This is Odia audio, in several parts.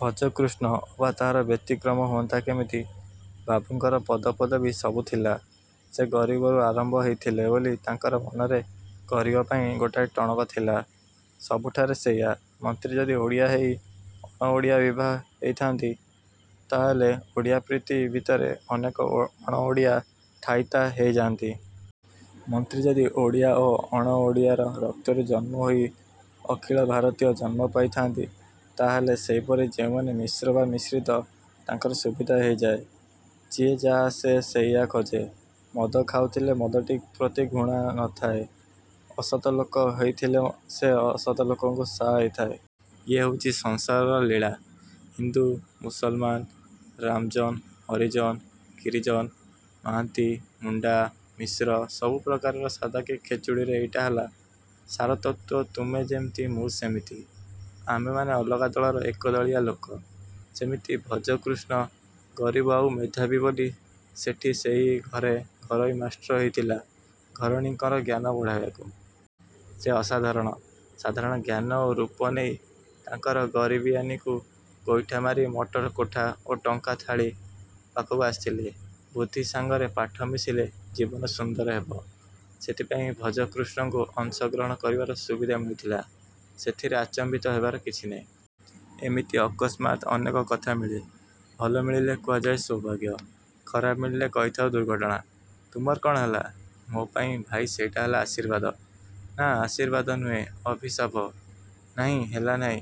ଭଜକୃଷ୍ଣ ଅବା ତାହାର ବ୍ୟତିକ୍ରମ ହୁଅନ୍ତା କେମିତି? ବାବୁଙ୍କର ପଦପଦବୀ ସବୁ ଥିଲା। ସେ ଗରିବରୁ ଆରମ୍ଭ ହେଇଥିଲେ ବୋଲି ତାଙ୍କର ମନରେ ଗରିବ ପାଇଁ ଗୋଟାଏ ଟଣକ ଥିଲା। ସବୁଠାରେ ସେଇଆ- ମନ୍ତ୍ରୀ ଯଦି ଓଡ଼ିଆ ହେଇ ଅଣ-ଓଡ଼ିଆ ବିଭା ହେଇଥାନ୍ତି ତାହାହେଲେ ଓଡ଼ିଆ-ପ୍ରୀତି ଭିତରେ ଅନେକ ଅଣ-ଓଡ଼ିଆ ଥାଇତା ହୋଇଯାନ୍ତି। ମନ୍ତ୍ରୀ ଯଦି ଓଡ଼ିଆ ଓ ଅଣ-ଓଡ଼ିଆର ରକ୍ତରୁ ଜନ୍ମ ହୋଇ ଅଖିଳ-ଭାରତୀୟ ଜନ୍ମ ପାଇଥାନ୍ତି ତାହାହେଲେ ସେହିପରି ଯେଉଁମାନେ ମିଶ୍ର ବା ମିଶ୍ରିତ ତାଙ୍କର ସୁବିଧା ହେଇଯାଏ। ଯିଏ ଯାହା ସେ ସେଇଆ ଖୋଜେ। ମଦ ଖାଉଥିଲେ ମଦଟି ପ୍ରତି ଘୃଣା ନ ଥାଏ। ଅସତ ଲୋକ ହୋଇଥିଲେ ସେ ଅସତ ଲୋକଙ୍କୁ ସାହା ହେଇଥାଏ। ଇଏ ହେଉଛି ସଂସାରର ଲୀଳା। ହିନ୍ଦୁ, ମୁସଲମାନ, ରାମଜନ-ହରିଜନ-ଗିରିଜନ, ମାହାନ୍ତି-ମୁଣ୍ଡା-ମିଶ୍ର ସବୁ ପ୍ରକାରର ସାଧା କି ଖେଚୁଡ଼ିରେ ଏଇଟା ହେଲା ସାରତତ୍ତ୍ୱ-ତୁମେ ଯେମିତି ମୁଁ ସେମିତି। ଆମେମାନେ ଅଲଗା ଦଳର ଏକଦଳିଆ ଲୋକ। ସେମିତି ଭଜକୃଷ୍ଣ ଗରିବ ଆଉ ମେଧାବୀ ବୋଲି ସେଠି ସେହି ଘରେ ଘରୋଇ ମାଷ୍ଟ୍ର ହେଇଥିଲା-ଘରଣୀଙ୍କର ଜ୍ଞାନ ବଢ଼ାଇବାକୁ। ସେ ଅସାଧାରଣ, ସାଧାରଣ ଜ୍ଞାନ ଓ ରୂପ ନେଇ ତାଙ୍କର ଗରିବିଆନିକୁ ଗୋଇଠା ମାରି ମଟର କୋଠା ଓ ଟଙ୍କାଥାଳି ପାଖକୁ ଆସିଥିଲେ। ବୁଦ୍ଧି ସାଙ୍ଗରେ ପାଠ ମିଶିଲେ ଜୀବନ ସୁନ୍ଦର ହେବ। ସେଥିପାଇଁ ଭଜକୃଷ୍ଣକୁ ଅଂଶ ଗ୍ରହଣ କରିବାର ସୁବିଧା ମିଳିଥିଲା। ସେଥିରେ ଆଚମ୍ବିତ ହେବାର କିଛି ନାହିଁ। ଏମିତି ଅକସ୍ମାତ୍ ଅନେକ କଥା ମିଳେ। ଭଲ ମିଳିଲେ କୁହାଯାଏ ସୌଭାଗ୍ୟ-ଖରାପ ମିଳିଲେ କହିଥାଉ ଦୁର୍ଘଟଣା। -ତୁମର କ'ଣ ହେଲା? -ମୋ'ପାଇଁ ଭାଇ ସେଇଟା ହେଲା ଆଶୀର୍ବାଦ। ନା, ଆଶୀର୍ବାଦ ନୁହେଁ ଅଭିଶାପ। ନାହିଁ, ହେଲାନାହିଁ।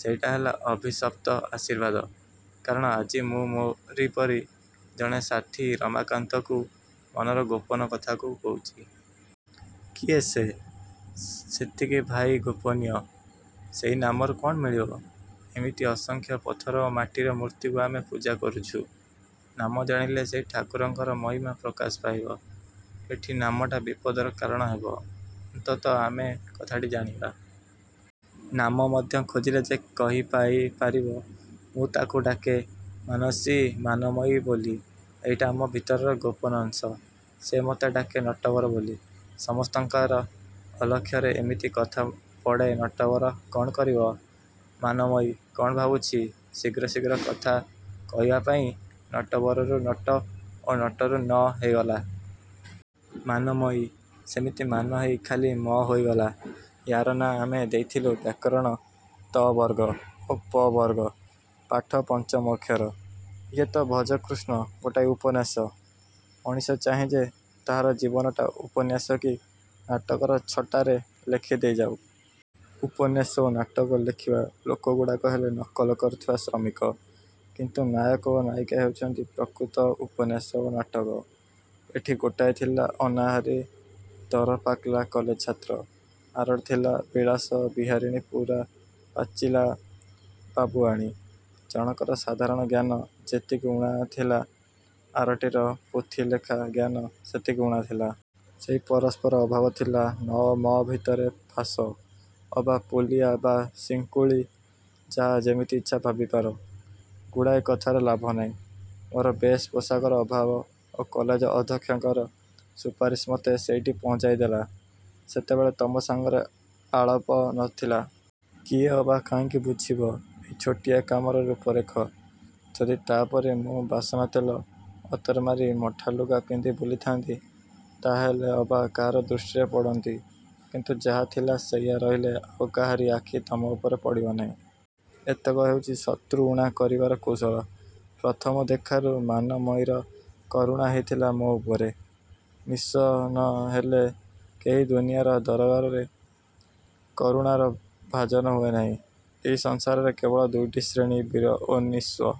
ସେଇଟା ହେଲା ଅଭିଶପ୍ତ ଆଶୀର୍ବାଦ। କାରଣ ଆଜି ମୁଁ ମୋରି ପରି ଜଣେ ସାଥୀ ରମାକାନ୍ତକୁ ମନର ଗୋପନ କଥାକୁ କହୁଛି। -କିଏ ସେ? -ସେତିକି ଭାଇ ଗୋପନୀୟ। ସେହି ନାମରୁ କ'ଣ ମିଳିବ? ଏମିତି ଅସଂଖ୍ୟ ପଥର ଓ ମାଟିର ମୂର୍ତ୍ତିକୁ ଆମେ ପୂଜା କରୁଛୁ। ନାମ ଜାଣିଲେ ସେହି ଠାକୁରଙ୍କର ମହିମା ପ୍ରକାଶ ପାଇବ-। ଏଠି ନାମଟା ବିପଦର କାରଣ ହେବ। ଅନ୍ତତଃ ଆମେ କଥାଟି ଜାଣିବା। ନାମ ମଧ୍ୟ ଖୋଜିଲେ ଯେ କେହି ପାଇ ପାରିବ। -ମୁଁ ତାକୁ ଡାକେ ମାନସୀ-ମାନମୟୀ ବୋଲି। ଏଇଟା ଆମ ଭିତରର ଗୋପନ ଅଂଶ-। ସେ ମତେ ଡାକେ ନଟବର ବୋଲି। ସମସ୍ତଙ୍କର ଅଲକ୍ଷ୍ୟରେ ଏମିତି କଥା ପଡ଼େ-ନଟବର କ'ଣ କରିବ? ମାନମୟୀ କ'ଣ ଭାବୁଛି? ଶୀଘ୍ର ଶୀଘ୍ର କଥା କହିବା ପାଇଁ ନଟବରରୁ ନଟ ଓ ନଟରୁ 'ନ' ହେଇଗଲା। ମାନମୟୀ ସେମିତି ମାନ ହେଇ ଖାଲି 'ମ' ହୋଇଗଲା। ୟା'ର ନାଁ ଆମେ ଦେଇଥିଲୁ ବ୍ୟାକରଣ ତ-ବର୍ଗ ଓ ପ-ବର୍ଗ ପାଠ-ପଞ୍ଚମ ଅକ୍ଷର। -ଇଏ ତ ଭଜକୃଷ୍ଣ ଗୋଟାଏ ଉପନ୍ୟାସ? -ମଣିଷ ଚାହେଁ ଯେ ତାହାର ଜୀବନଟା ଉପନ୍ୟାସ କି ନାଟକର ଛଟାରେ ଲେଖି ଦେଇଯାଉ। ଉପନ୍ୟାସ ଓ ନାଟକ ଲେଖିବା ଲୋକଗୁଡ଼ାକ ହେଲେ ନକଲ କରୁଥିବା ଶ୍ରମିକ; କିନ୍ତୁ ନାୟକ ଓ ନାୟିକା ହେଉଛନ୍ତି ପ୍ରକୃତ ଉପନ୍ୟାସ ଓ ନାଟକ। ଏଠି ଗୋଟାଏ ଥିଲା ଅନାହାରୀ ଦର-ପାକଲା କଲେଜ ଛାତ୍ର। ଆରଟି ଥିଲା ବିଳାସ-ବିହାରିଣୀ ପୂରା ପାଚିଲା ବାବୁଆଣୀ। ଜଣକର ସାଧାରଣ ଜ୍ଞାନ ଯେତିକି ଊଣାଥିଲା ଆରଟିର ପୋଥିଲେଖା ଜ୍ଞାନ ସେତିକି ଊଣା ଥିଲା। ସେହି ପରସ୍ପର ଅଭାବ ଥିଲା ନ ଓ ମ ଭିତରେ ଫାଶ ଅବା ପୋଲିଆ ବା ଶିଙ୍କୁଳି-ଯାହା ଯେମିତି ଇଚ୍ଛା ଭାବିପାର। ଗୁଡ଼ାଏ କଥାରେ ଲାଭ ନାହିଁ। ମୋର ବେଶ ପୋଷାକର ଅଭାବ ଓ କଲେଜ ଅଧ୍ୟକ୍ଷଙ୍କର ସୁପାରିଶ ମତେ ସେଇଠି ପହଞ୍ଚାଇ ଦେଲା। ସେତେବେଳେ ତମ ସାଙ୍ଗରେ ଆଳାପ ନ ଥିଲା। କିଏ ଅବା କାହିଁକି ବୁଝିବ ଏଇ ଛୋଟିଆ କାମର ରୂପ ରେଖ। ଯଦି ତା'ପରେ ମୁଁ ବାସନାତେଲ, ଅତର ମାରି ମଠାଲୁଗା ପିନ୍ଧି ବୁଲିଥାନ୍ତି, ତାହାହେଲେ ଅବା କାହାର ଦୃଷ୍ଟିରେ ପଡ଼ନ୍ତି; କିନ୍ତୁ ଯାହା ଥିଲା ସେଇଆ ରହିଲେ ଆଉ କାହାରି ଆଖି ତମ ଉପରେ ପଡ଼ିବ ନାହିଁ। ଏତକ ହେଉଛି ଶତ୍ରୁ ଊଣା କରିବାର କୌଶଳ। ପ୍ରଥମ ଦେଖାରୁ ମାନମୟୀର କରୁଣା ହେଇଥିଲା ମୋ ଉପରେ। -ନିସ୍ୱ ନ ହେଲେ କେହି ଦୁନିଆର ଦରବାରରେ କରୁଣାର ଭାଜନ ହୁଏ ନାହିଁ। ଏଇ ସଂସାରରେ କେବଳ ଦୁଇଟି ଶ୍ରେଣୀ-ବୀର ଓ ନିସ୍ୱ।